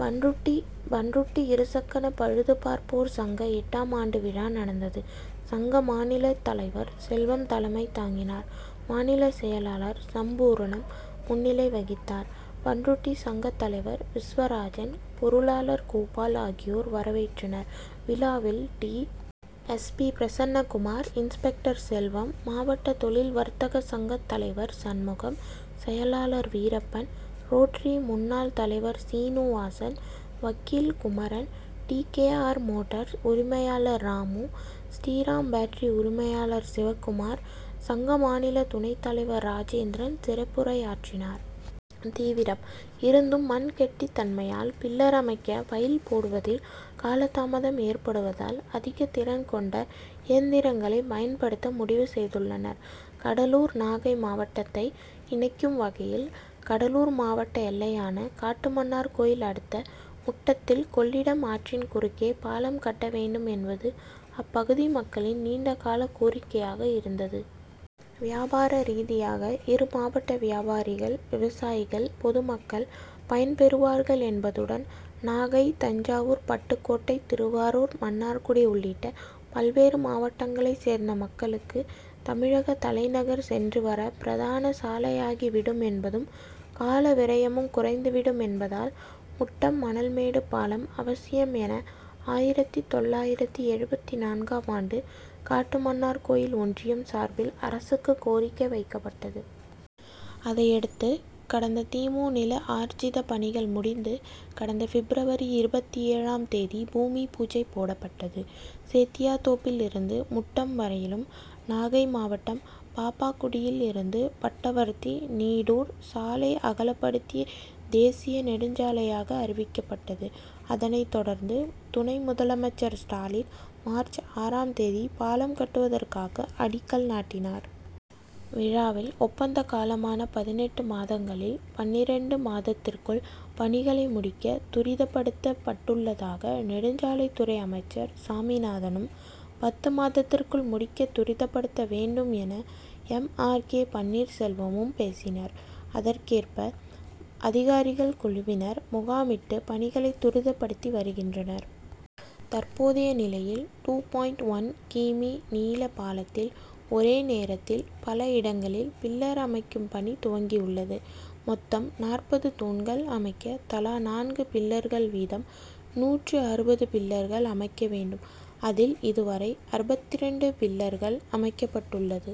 பண்ருட்டி பண்ருட்டி இருசக்கர பழுது பார்ப்போர் சங்க எட்டாம் ஆண்டு விழா நடந்தது. சங்க மாநிலத் தலைவர் செல்வம் தலைமை தாங்கினார். மாநில செயலாளர் சம்பூர்ணம் முன் னிலை வகித்தார். பண் ருட்டி சங்கத் தலைவர் விஸ்வராஜன், பொரு ளாளர் கோபால் ஆகியோர் வரவேற்றனர். விழாவில் T. S. P., Prasannakumar, inspector Selvam, மாவட்ட தொழில் வர்த் தக சங்கத் தலைவர் சண் முகம், செயலாளர் வீரப் பன், ரோட்டரி முன் னாள் தலைவர் சீனுவாசன், வக்கீல் Kumaran, T. K. R., motors உரிமையாளர் ராமு, ஸ்ரீராம் பேட்டரி உரிமையாளர் சிவக்குமார், சங்க மாநில துணைத் தலைவர் ராஜேந்திரன் சிறப்புரையாற்றினர். தீவிரம்! இருந்தும் மண் கெட்டித் தன்மையால் பில்லர் அமைக்க பைல் போடுவதில் காலதாமதம் ஏற்படுவதால் அதிகத் திறன் கொண்ட இயந்திரங் களை பயன்படுத்த முடிவு செய்துள்ளனர். கடலூர் நாகை மாவட் டத்தை இணைக்கும் வகையில் கடலூர் மாவட்ட எல்லையான காட்டுமன்னார்கோவில் அடுத்த முட்டத்தில் கொள் ளிடம் ஆற்றின் குறுக்கே பாலம் கட்ட வேண்டும் என்பது அப்பகுதி மக்களின் நீண்ட கால கோரிக்கையாக இருந்தது. வியாபார ரீதியாக இரு மாவட்ட வியாபாரிகள், விவசாயிகள், பொதுமக் கள் பயன்பெறுவார்கள் என்பதுடன் நாகை, தஞ்சாவூர், பட்டுக்கோட்டை, திருவாரூர், மன்னார்குடி உள்ளிட்ட பல்வேறு மாவட்டங்களைச் சேர்ந்த மக்களுக்கு தமிழகத் தலை நகர் சென்றுவர பிரதான சாலையாகி விடும் என்பதும், காலவிரயமும் குறைந்துவிடும் என்பதால் முட்டம் மணல்மேடு பாலம் அவசியம் என ஆயிரத்து தொள்ளாயிரத்து எழுபத்து நான்காம் ஆண்டு காட்டுமன்னார்கோவில் ஒன்றியம் சார்பில் அரசுக்கு கோரிக்கை வைக்கப்பட்டது. அதையடுத்து கடந்த தி. மு. நில ஆர்ஜித பணிகள் முடிந்து கடந்த பிப்ரவரி இருபத்தேழாம் தேதி பூமி பூஜை போடப்பட்டது. சேத்தியாத்தோப்பில் இருந்து முட்டம் வரையிலும், நாகை மாவட்டம் பாப்பாக்குடியில் இருந்து பட்டவர்த்தி, நீடூர் சாலை அகலப்படுத்தி தேசிய நெடுஞ்சாலையாக அறிவிக்கப்பட்டது. அதனைத் தொடர்ந்து துணை முதல்வர் ஸ்டாலின் மார்ச் ஆறாம் தேதி பாலம் கட்டுவதற்கான அடிக்கல் நாட்டினார். விழாவில் ஒப்பந்த காலமான பதினெட்டு மாதங்களில் பன்னிரண்டு மாதத்திற்குள் பணிகளை முடிக்க துரிதப்படுத்தப் பட்டுள்ளதாக நெடுஞ்சாலைத்துறை அமைச்சர் சாமிநாதனும், பத்து மாதத்திற்குள் முடிக்க துரிதப்படுத்த வேண்டும் என எம். ஆர். கே. பன்னீர்செல்வமும் பேசினர். அதற் கேற்ப அதிகாரிகள் குழுவினர் முகாமிட்டு பணிகளை துரிதப்படுத்தி வருகின்றனர். தற்போதைய நிலையில் டூ பாயிண்ட் ஒன் கி. மீ., நீள பாலத்தில் ஒரே நேரத்தில் பல இடங் களில் பில்லர் அமைக்கும் பணி துவங்கியுள்ளது. மொத்தம் நாற்பது தூண்கள் அமைக்க தலா நான்கு பில்லர் கள் வீதம் நூற்று அறுபது பில்லர்கள் அமைக்க வேண்டும் அதில் இதுவரை அறுபத்திரண்டு பில் லர்கள் அமைக்கப்பட் டுள்ளது.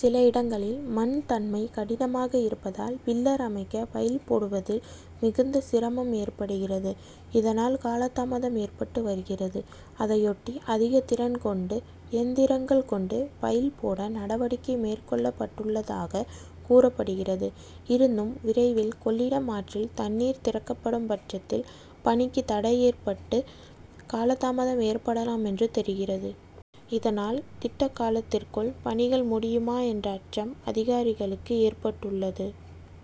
சில இடங்களில் மண் தன்மை கடினமாக இருப்ப தால் பில்லர் அமைக்க பைல் போடுவதில் மிகுந்த சிரமம் ஏற்படுகிறது. இதனால் காலதாமம் ஏற்பட்டு வருகிறது. அதையொட்டி அதிகத் திறன் கொண்டு இயந்திரங்கள் கொண்டு பைல் போட நடவடிக்கை மேற் கொள் ளப்பட்டுள்ளதாக கூறப்படுகிறது. இருந்தும் விரைவில் கொள்ளிடம் ஆற்றில் தண் ணீர் திறக்கப்படும் பட்சத் தில் பணிக்கு தடை ஏற் பட்டு காலதாமதம் ஏற்படலாம் என்றும் தெரிகிறது. இதனால் திட்ட காலத்திற் குள் பணிகள் முடியுமா என்ற அச்சம் அதிகாரிகளுக்கு ஏற்பட்டுள்ளது.